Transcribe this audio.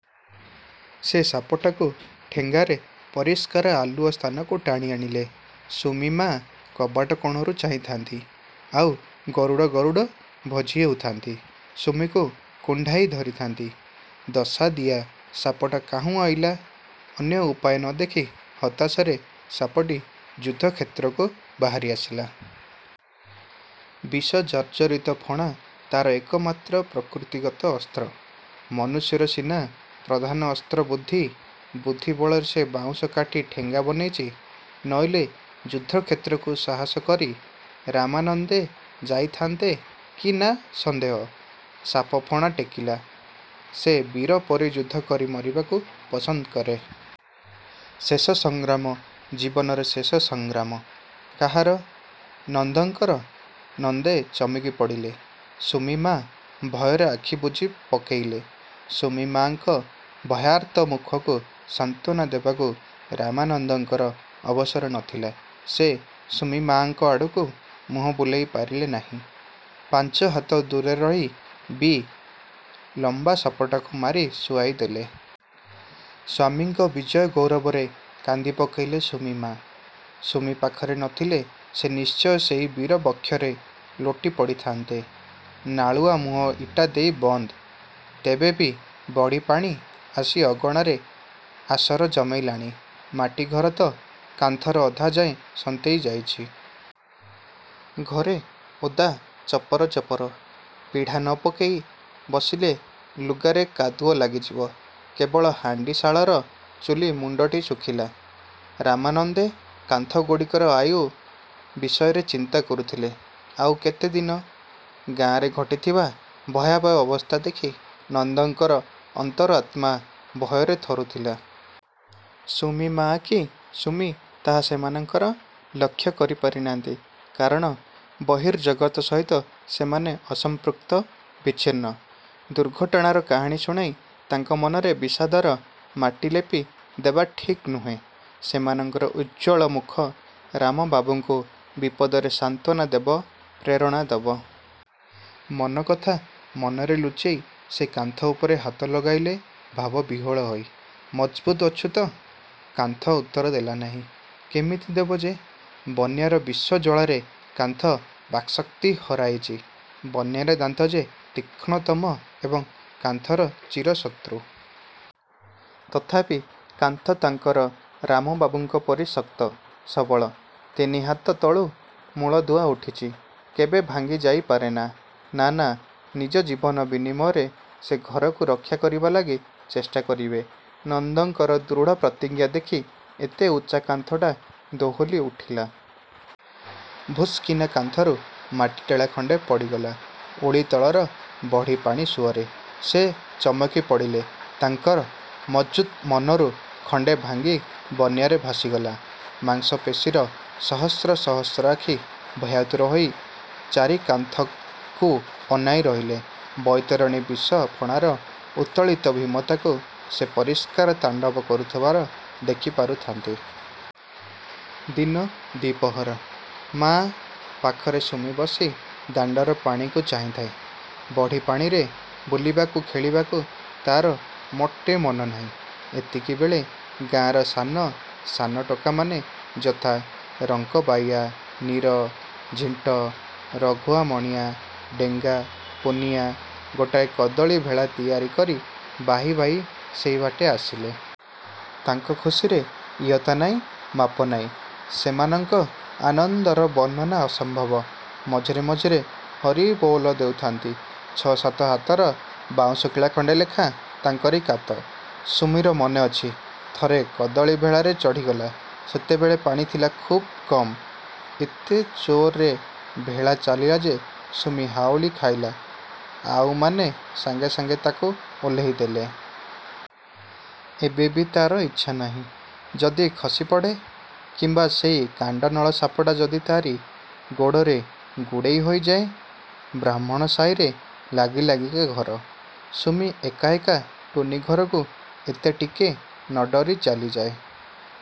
ସେ ସାପଟାକୁ ଠେଙ୍ଗାରେ ପରିଷ୍କାର ଆଲୁଅ ସ୍ଥାନକୁ ଟାଣି ଆଣିଲେ। ସୁମି ମା କବାଟ କଣରୁ ଚାହିଁଥାନ୍ତି, ଆଉ ଗରୁଡ଼ ଗରୁଡ଼ ଭଜି ହେଉଥାନ୍ତି। ସୁମିକୁ କୁଣ୍ଢାଇ ଧରିଥାନ୍ତି। ଦଶାଦିଆ ସାପଟା କାହୁଁ ଅଇଲା। ଅନ୍ୟ ଉପାୟ ନ ଦେଖି ହତାଶରେ ସାପଟି ଯୁଦ୍ଧକ୍ଷେତ୍ରକୁ ବାହାରି ଆସିଲା। ବିଷ ଜର୍ଜରିତ ଫଣା ତାର ଏକମାତ୍ର ପ୍ରକୃତିଗତ ଅସ୍ତ୍ର। ମନୁଷ୍ୟର ସିନା ପ୍ରଧାନ ଅସ୍ତ୍ର ବୁଦ୍ଧି–ବୁଦ୍ଧି ବଳରେ ସେ ବାଉଁଶ କାଟି ଠେଙ୍ଗା ବନେଇଚି। ନଇଲେ ଯୁଦ୍ଧକ୍ଷେତ୍ରକୁ ସାହସ କରି ରାମାନନ୍ଦେ ଯାଇଥାନ୍ତେ କି ନା ସନ୍ଦେହ। ସାପ ଫଣା ଟେକିଲା। ସେ ବୀର ପରି ଯୁଦ୍ଧକରି ମରିବାକୁ ପସନ୍ଦ କରେ। ଶେଷ ସଂଗ୍ରାମ, ଜୀବନର ଶେଷ ସଂଗ୍ରାମ; କାହାର? ନନ୍ଦଙ୍କର? ନନ୍ଦେ ଚମକି ପଡ଼ିଲେ। ସୁମି ମା ଭୟରେ ଆଖି ବୁଜି ପକେଇଲେ। ସୁମି ମାଙ୍କ ଭୟାର୍ତ୍ତ ମୁଖକୁ ସାନ୍ତ୍ୱନା ଦେବାକୁ ରାମାନନ୍ଦଙ୍କର ଅବସର ନଥିଲା। ସେ ସୁମିମାଙ୍କ ଆଡ଼କୁ ମୁହଁ ବୁଲେଇ ପାରିଲେ ନାଇଁ। ପାଞ୍ଚହାତ ଦୂରରେ ରହି ବି ଲମ୍ବା ସାପଟାକୁ ମାରି ଶୁଆଇ ଦେଲେ। ସ୍ୱାମୀଙ୍କ ବିଜୟ ଗୌରବରେ କାନ୍ଦି ପକେଇଲେ ସୁମି ମା। ସୁମି ପାଖରେ ନଥିଲେ ସେ ନିଶ୍ଚୟ ସେଇ ବୀର ବକ୍ଷରେ ଲୋଟି ପଡ଼ିଥାନ୍ତେ। ନାଳୁଆମୁହଁ ଇଟା ଦେଇ ବନ୍ଦ। ତେବେ ବି ବଢ଼ିପାଣି ଆସି ଅଗଣାରେ ଆସର ଜମେଇଲାଣି। ମାଟି ଘର ତ। କାନ୍ଥର ଅଧାଯାଏଁ ସନ୍ତେଇ ଯାଇଚି। ଘରେ ଓଦା ଚପର ଚପର। ପିଢ଼ା ନ ପକେଇ ବସିଲେ ଲୁଗାରେ କାଦୁଅ ଲାଗିଯିବ। କେବଳ ହାଣ୍ଡିଶାଳର ଚୁଲି ମୁଣ୍ଡଟି ଶୁଖିଲା-। ରାମାନନ୍ଦେ କାନ୍ଥଗୁଡ଼ିକର ଆୟୁ ବିଷୟରେ ଚିନ୍ତା କରୁଥିଲେ। ଆଉ କେତେଦିନ। ଗାଁରେ ଘଟିଥିବା ଭୟାବହ ଅବସ୍ଥା ଦେଖି ନନ୍ଦଙ୍କର ଅନ୍ତର ଆତ୍ମା ଭୟରେ ଥରୁଥିଲା। ସୁମି ମା କି ସୁମି ତାହା ସେମାନଙ୍କ ଲକ୍ଷ୍ୟ କରିପାରି ନାହାନ୍ତି। କାରଣ ବହିର୍ଜଗତ ସହିତ ସେମାନେ ଅସଂପୃକ୍ତ, ବିଚ୍ଛିନ୍ନ। ଦୁର୍ଘଟଣାର କାହାଣୀ ଶୁଣାଇ ତାଙ୍କ ମନରେ ବିଷାଦର ମାଟି ଲେପି ଦେବା ଠିକ୍ ନୁହେଁ। ସେମାନଙ୍କର ଉଜ୍ଜ୍ୱଳ ମୁଖ ରାମବାବୁଙ୍କୁ ବିପଦରେ ସାନ୍ତ୍ୱନା ଦେବ, ପ୍ରେରଣା ଦେବ। ମନ କଥା ମନରେ ଲୁଚେଇ ସେ କାନ୍ଥ ଉପରେ ହାତ ଲଗାଇଲେ ଭାବ ବିହ୍ୱଳ ହୋଇ। ମଜବୁତ ଅଛୁ ତ? କାନ୍ଥ ଉତ୍ତର ଦେଲା ନାଇଁ। କେମିତି ଦେବ ଯେ? ବନ୍ୟାର ବିଷ ଜ୍ୱାଳାରେ କାନ୍ଥ ବାକ୍ଶକ୍ତି ହରାଇଚି; ବନ୍ୟାର ଦାନ୍ତ ଯେ ତୀକ୍ଷ୍ଣତମ ଏବଂ କାନ୍ଥର ଚିରଶତ୍ରୁ। ତଥାପି, କାନ୍ଥ ତାଙ୍କର ରାମବାବୁଙ୍କ ପରି ଶକ୍ତ, ସବଳ। ତିନିହାତ ତଳୁ ମୂଳଦୁଆ ଉଠିଛି–କେବେ ଭାଙ୍ଗି ଯାଇ ପାରେନା। ନା ନା। ନିଜ ଜୀବନ ବିନିମୟରେ ସେ ଘରକୁ ରକ୍ଷା କରିବା ଲାଗି ଚେଷ୍ଟା କରିବେ। ନନ୍ଦଙ୍କର ଦୃଢ଼ ପ୍ରତିଜ୍ଞା ଦେଖି ଏତେ ଉଚ୍ଚା କାନ୍ଥଟା ଦୋହଲି ଉଠିଲା। ଭୁସ୍କିନା କାନ୍ଥରୁ ମାଟି ଟେଳା ଖଣ୍ଡେ ପଡ଼ିଗଲା ଓଳି ତଳର ବଢ଼ିପାଣି ସୁଅରେ। ସେ ଚମକି ପଡ଼ିଲେ। ତାଙ୍କ ମଜ୍ବୁତ ମନରୁ ଖଣ୍ଡେ ଭାଙ୍ଗି ବନ୍ୟାରେ ଭାସିଗଲା। ମାଂସପେଶୀର ସହସ୍ର ସହସ୍ର ଆଖି ଭୟାତୁର ହୋଇ ଚାରିକାନ୍ଥକୁ ଅନାଇ ରହିଲେ। ବୈତରଣୀର ବିଷ ଫଣାର ଉତ୍ତୋଳିତ ଭୀମତାକୁ ସେ ପରିଷ୍କାର ତାଣ୍ଡବ କରୁଥିବାର ଦେଖିପାରୁଥାନ୍ତି। ଦିନ ଦି-ପହର। ମା' ପାଖରେ ସୁମି ବସି ଦାଣ୍ଡର ପାଣିକୁ ଚାହିଁଥାଏ। ବଢ଼ିପାଣିରେ ବୁଲିବାକୁ ଖେଳିବାକୁ ତାର ମୋଟେ ମନନାଇଁ। ଏତିକିବେଳେ ଗାଁର ସାନ, ସାନ ଟୋକାମାନେ ଯଥା–ରଙ୍କବାଇଆ, ନୀର, ଝିଣ୍ଟ, ରଘୁଆ ମଣିଆ, ଡେଙ୍ଗା, ପୁନିଆ ଗୋଟାଏ କଦଳୀ ଭେଳା ତିଆରି କରି ବାହି ବାହି ସେଇବାଟେ ଆସିଲେ। ତାଙ୍କ ଖୁସିରେ ଇୟତ୍ତା ନାଇଁ, ମାପନାଇଁ। ସେମାନଙ୍କ ଆନନ୍ଦର ବର୍ଣ୍ଣନା ଅସମ୍ଭବ। ମଝିରେ ମଝିରେ ହରିବୋଲ ଦେଉଥାନ୍ତି। ଛ-ସାତ ହାତର ବାଉଁଶ କିଳା ଖଣ୍ଡେ ଲେଖାଁ ତାଙ୍କରି କାତ। ସୁମିର ମନେଅଛି–ଥରେ କଦଳୀ ଭେଳାରେ ଚଢ଼ିଗଲା। ସେତେବେଳେ ପାଣି ଥିଲା ଖୁବ୍ କମ୍। ଏତେ ଜୋରରେ ଭେଳା ଚାଲିଲା ଯେ, ସୁମି ହାଉଳି ଖାଇଲା, ଆଉମାନେ ସାଙ୍ଗେ ସାଙ୍ଗେ ତାକୁ ଓହ୍ଲେଇ ଦେଲେ। ଏବେ ବି ତାର ଇଚ୍ଛା ନାହିଁ। ଯଦି ଖସିପଡ଼େ? କିମ୍ବା ସେଇ କାଣ୍ଡନଳ ସାପଟା ଯଦି ତାରି ଗୋଡ଼ରେ ଗୁଡ଼େଇ ହୋଇଯାଏ? ବ୍ରାହ୍ମଣ ସାଇରେ ଲାଗି-ଲାଗିକା ଘର। ସୁମି ଏକା ଏକା ଟୁନୀ ଘରକୁ ଏତେ ଟିକେ ନଡରି ଚାଲିଯାଏ।